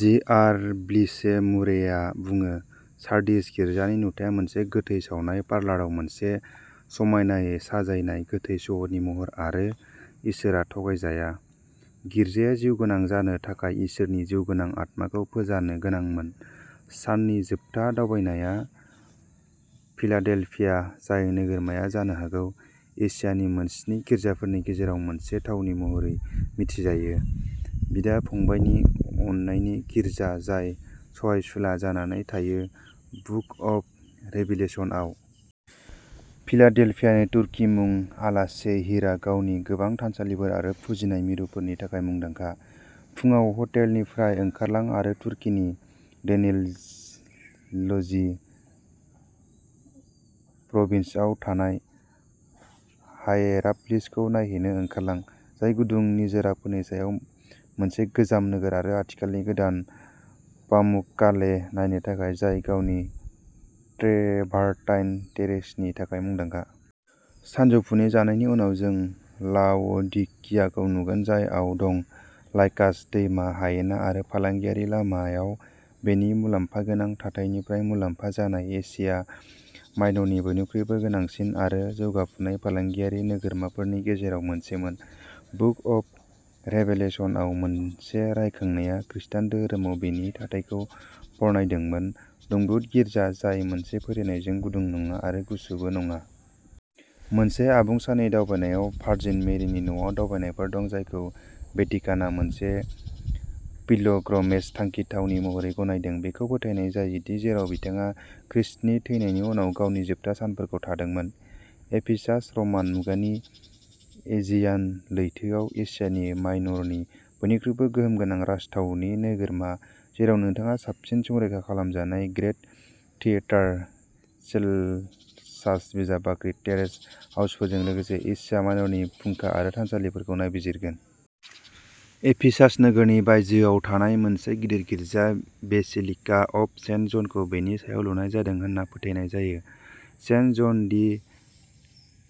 जि R बिस्ले मुरेआ बुङो सार्डिस गिर्जानि नुथाया मोनसे गोथै सावनाय पार्लाराव मोनसे समायनायै साजायनाय गोथै सह'नि महर आरो इसोरआ थगायजाया। गिर्जाया जिउगोनां जानो थाखाय इसोरनि जिउगोनां आत्माखौ फोजानो गोनांमोन। साननि जोबथा दावबायनाया फिलाडेल्फिया जाय नोगोरमाया जानो हागौ एशियानि मोनस्नि गिर्जाफोरनि गेजेराव मोनसे थावनि महरै मिथिजायो बिदा फंबायनि अननायनि गिर्जा जाय सहायसुला जानानै थायो बुक अफ रेभिलेशन आव। फिलाडेल्फियानि तुर्की मुं आलासेहिरआ गावनि गोबां थानसालिफोर आरो फुजिनाय मिरुफोरनि थाखाय मुंदांखा। फुंआव हटेलनिफ्राय ओंखारलां आरो तुर्कीनि डेनिज्लि प्रभिन्सआव थानाय हायेरापलिसखौ नायहैनो ओंखारलां जाय गुदुं निजोराफोरनि सायाव मोनसे गोजाम नोगोर आरो खाथिखालानि गोदान पामुक्काले नायनो थाखाय जाय गावनि ट्रेभारटाइन टेरेसनि थाखाय मुंदांखा। सानजौफुनि जानायनि उनाव जों लाव'डिकियाखौ नुगोन जाय आव दं। लाइकास दैमा हायेना आरो फालांगियारि लामायाव बेनि मुलाम्फागोनां थाथायनिफ्राय मुलाम्फा जानाय एसिया माइनरनि बयनिख्रुइबो गोनांसिन आरो जौगाफुनाय फालांगियारि नोगोरमाफोरनि गेजेराव मोनसेमोन। बुक अफ रेभेलेशनआव मोनसे रायखांनाया खृस्टान धोरोमाव बेनि थाथायखौ बरनायदोंमोन दुंब्रुद'गिर्जा जाय मोनसे फोथायनायजों गुदुं नङा आरो गुसुबो नङा। मोनसे आबुं साननि दावबायनायाव भार्जिन मेरिनि न'आव दावबायनायफोर दं जायखौ वेटिकानआ मोनसे पिल्ग्रमेज थांखि थावनि महरै गनायदों बेखौ फोथायनाय जायो दि जेराव बिथाङा खृष्टनि थैनायनि उनाव गावनि जोबथा सानफोरखौ थादोंमोन। एफिसास रमान मुगानि एजियान लैथोआव एसिया माइनरनि बयनिख्रुइबो गोहोम गोनां राजथावनि नोगोरमा जेराव नोंथाङा साबसिन संरैखा खालामजानाय ग्रेत थियेटार सेल्सास बिजाब बाख्रि टेरेस हाउसफोरजों लोगोसे एसिया माइनरनि फुंखा आरो थानसालिफोरखौ नायबिजिरगोन। एफिसास नोगोरनि बायजोआव थानाय मोनसे गिदिर गिर्जा बेसिलिका अफ सेन्ट जनखौ बेनि सायाव लुनाय जादों होनना फोथायनाय जायो। सेन्ट जन दि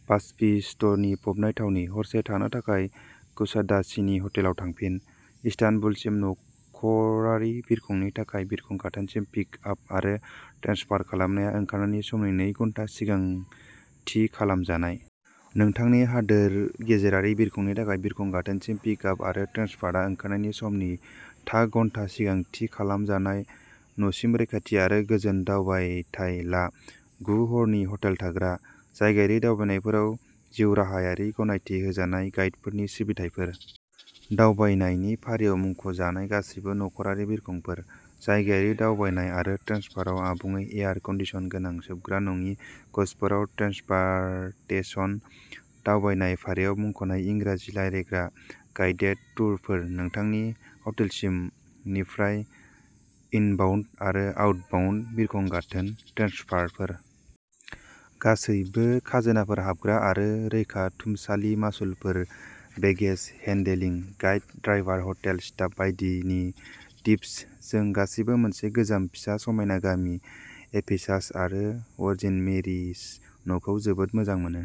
बाप्तिस्तनि फबनाय थावनि। हरसे थानो थाखाय कुसादासिनि हटेलाव थांफिन। इस्तानबुलसिम नखरारि बिरखंनि थाखाय बिरखं गाथोनसिम पिकआप आरो ट्रेन्सफार खालामनाया ओंखारनायनि समनि नै घन्टा सिगां थि खालाम जानाय। नोंथांनि हादोर गेजेरारि बिरखंनि थाखाय बिरखं गाथोनसिम पिकआप आरो ट्रेन्सफारआ ओंखारनायनि समनि था घन्टा सिगां थि खालाम जानाय। न'सिम रैखाथि आरो गोजोन दावबायथाय ला। गु हरनि हटेल थाग्रा। जायगायारि दावबायनायफोराव जिउराहायारि गनायथि होजानाय गाइडफोरनि सिबिथाइफोर। दावबायनायनि फारियाव मुंख'जानाय गासैबो नखरारि बिरखंफोर। जायगायारि दावबायनाय आरो ट्रेन्सफाराव आबुङै एयार कन्डिसन गोनां सोबग्रा नङि कचफोराव ट्रेन्सपारतेसन। दावबायनाय फारियाव मुंख'नाय इंराजि रायज्लायग्रा गाइडेड टुरफोर। नोंथांनि हटेलसिम निफ्राय इनबाउन्ड आरो आउटबाउन्ड बिरखं गाथोन ट्रेन्सफारफोर। गासैबो खाजोनाफोर हाबग्रा आरो रैखाथुमसालि मासुलफोर baggage handling. Guide driver hotel staff बायदिनि टिप्स। जों गासैबो मोनसे गोजाम फिसा समायना गामि एफिसास आरो वर्जिन मेरिस न'खौ जोबोद मोजां मोनो।